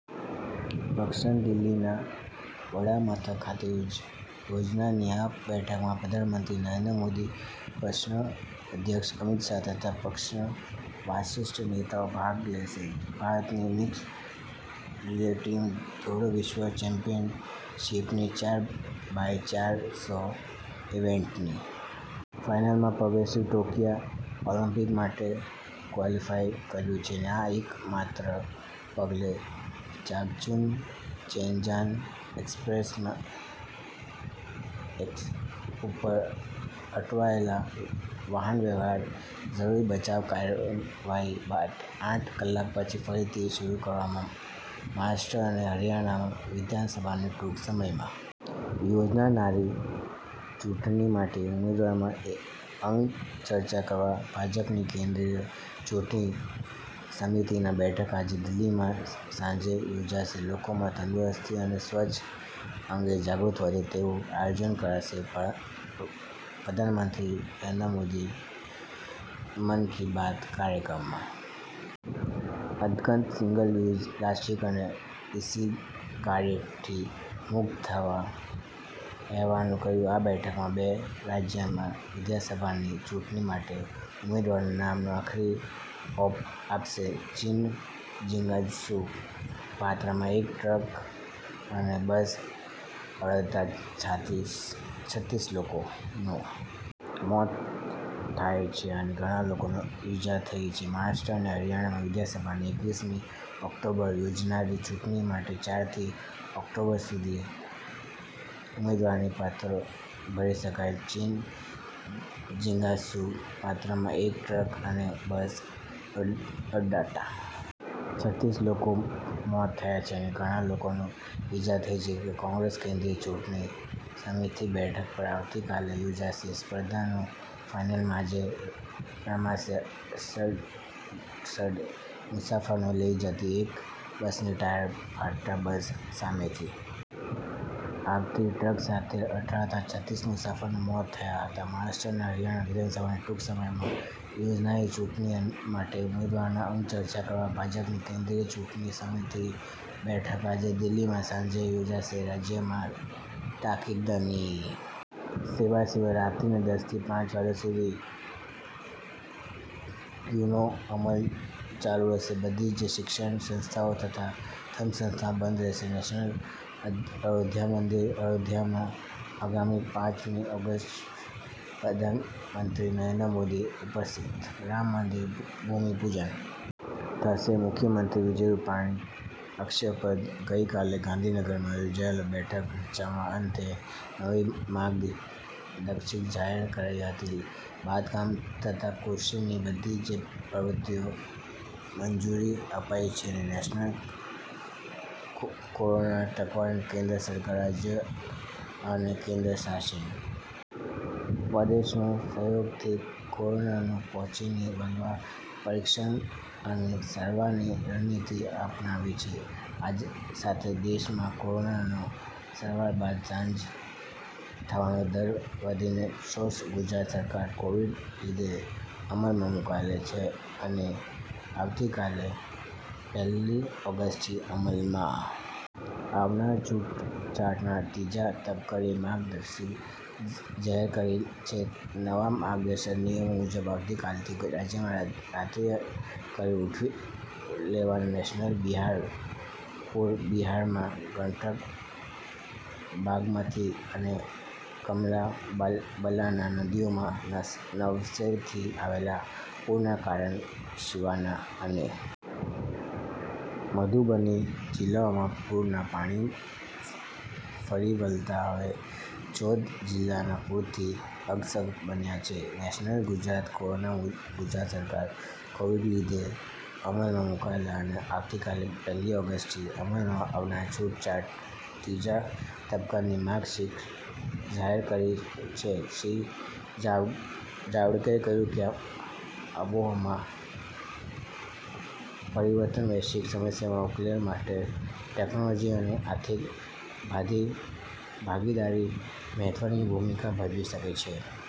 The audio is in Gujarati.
પક્ષના દિલ્હીના વડામથક ખાતે યોજાનારી આ બેઠકમાં પ્રધાનમંત્રી નરેન્દ્ર મોદી પક્ષના અધ્યક્ષ અમિત શાહ તથા પક્ષના વરિષ્ઠ નેતાઓ ભાગ લેશે ભારતની મીક્સ રીલે ટીમે દોહા વિશ્વ ચેમ્પીયન શીપની ચાર બાય ચાર સો ઇવેન્ટની ફાઇનલમાં પ્રવેશીને ટોકીયો ઓલમ્પીક માટે ક્વાલીફાય કર્યું છે આ અકસ્માતના પગલે ચાંગચુન શેનઝાન એકસપ્રેસને ઉપર અટવાયેલો વાહનવ્યવહાર જરૂરી બચાવ કાર્યવાહી બાદ આઠ કલાક પછી ફરીથી શરૂ કરાયો મહારાષ્ટ્ર અને હરિયાણા વિધાનસભાની ટૂંક સમયમાં યોજાનારી ચૂંટણી માટે ઉમેદવારો અંગે ચર્ચા કરવા ભાજપની કેન્દ્રિય ચૂંટણી સમિતિની બેઠક આજે દિલ્હીમાં સાંજે યોજાશે લોકોમાં તંદુરસ્તી અને સ્વચ્છતા અંગે જાગૃતિ વધે તેવું આયોજન કરાશે પ્રધાનમંત્રી નરેન્દ્ર મોદીએ મન કી બાત કાર્યક્રમ અંતગત સિંગલ યુઝ પ્લાસ્ટીક અને ઇસીગારેટથી મુક્ત થવા આહવાન કર્યું છે આ બેઠકમાં બે રાજ્ય વિધાનસભાની ચૂંટણી માટે ઉમેદવારોના નામ નોંધાવ્યું આખરી ઓપ અપાશે ચીન જીયાંગસુ પ્રાંતમાં એક ટ્રક અને બસ અથડાતા છાતીસ છત્રીસ લોકોના મોત થાય છે અને ઘણા લોકોને ઇજા થઇ છે મહારાષ્ટ્ર અને હરિયાણા વિધાનસભાની એકવીસમી ઓક્ટોબરે યોજાનારી ચૂંટણી માટે ચોથી ઓક્ટોબર સુધી ઉમેદવારી પત્રો ભરી શકશે ચીન જીયાંગસુ પ્રાંતમાં એક ટ્રક અને બસ અથડાતા છત્રીસ લોકોના મોત થયા છે અને ઘણા લોકોને ઇજા થઇ છે કોંગ્રેસ કેન્દ્રિય ચૂંટણી સમિતિની બેઠક પણ આવતીકાલે યોજાશે સ્પર્ધાની ફાઇનલ આજે રમાશે સડસઠ મુસાફરોને લઇ જતી એક બસનું ટાયર ફાટતા બસ સામેથી આવતી ટ્રક સાથે અથડાતા છત્રીસ મુસાફરોના મોત થયા હતા મહારાષ્ટ્ર અને હરિયાણા વિધાનસભાની ટૂંક સમયમાં યોજાનારી ચૂંટણી માટે ઉમેદવારો અંગે ચર્ચા કરવા ભાજપની કેન્દ્રિય ચૂંટણી સમિતિની બેઠક આજે દિલ્હીમાં સાંજે યોજાશે રાજ્યમાં તાકીદની સેવા સિવાય રાત્રીના દસથી પાંચ વાગ્યા સુધી કર્યુનો અમલ ચાલુ રહેશે બધી જ શિક્ષણ સંસ્થાઓ તથા ધર્મસ્થાનો બંધ રહેશે નેશનલ અયોધ્યા મંદિર અયોધ્યામાં આગામી પાંચમી ઓગસ્ટે પ્રધાનમંત્રી નરેન્દ્ર મોદીની ઉપસ્થિતિમાં રામ મંદિરનું ભૂમિપૂજન થશે મુખ્યમંત્રી વિજય રૂપાણીના અધ્યક્ષપદે ગઈકાલે ગાંધીનગર યોજાયેલી બેઠકમાં ચર્ચાના અંતે નવી માર્ગદર્શિકા જાહેર કરાઈ હતી બાંધકામ તથા કૃષિની બધી જ પ્રવૃત્તિઓને મંજુરી અપાઈ છે નેશનલ કોરોના ટકાવારી કેન્દ્ર સરકારે રાજ્યો અને કેન્દ્રશાસિત પ્રદેશોનાં સહયોગથી કોરોનાને પહોંચી વળવા પરીક્ષણ અને સારવારની રણનીતી અપનાવી છે આ સાથે દેશમાં કોરોનાની સારવાર બાદ સાજા થવાનો દર વધીને ચોસઠ ગુજરાત સરકારે કોવીડના લીધે અમલમાં મૂકાયેલા અને આવતીકાલ પહેલી ઓગસ્ટથી અમલમાં આવનાર છૂટછાટના ત્રીજા તબક્કાની માર્ગદર્શિકા જાહેર કરી છે નવા માર્ગદર્શક નિયમો મુજબ આવતીકાલથી રાજ્યમાં રાત્રી કર્યુ ઉઠાવી લેવાશે નેશનલ બિહાર પુર બિહારમાં ગંડક બાગમતી અને કમલાબલાન નદીઓમાં નવેસરથી આવેલા પુરના કારણે શિવાન અને મધુબની જિલ્લાઓમાં પુરના પાણી ફરી વળતાં હવે ચૌદ જિલ્લાઓ પુરથી અસરગ્રસ્ત બન્યા છે નેશનલ ગુજરાત કોરોના ગુજરાત સરકારે કોવીડના લીધે અમલમાં મૂકાયેલા અને આવતીકાલ પહેલી ઓગસ્ટથી અમલમાં આવનાર છૂટછાટના ત્રીજા તબક્કાની માર્ગદર્શિકા જાહેર કરી છે શ્રી જાવડેકરે કહ્યું કે આબોહવામાં પરિવર્તનની વૈશ્વિક સમસ્યા ઉકેલવા માટે ટેકનોલોજી અને આર્થિક ભાગીદારી મહત્વની ભૂમિકા ભજવી શકે છે।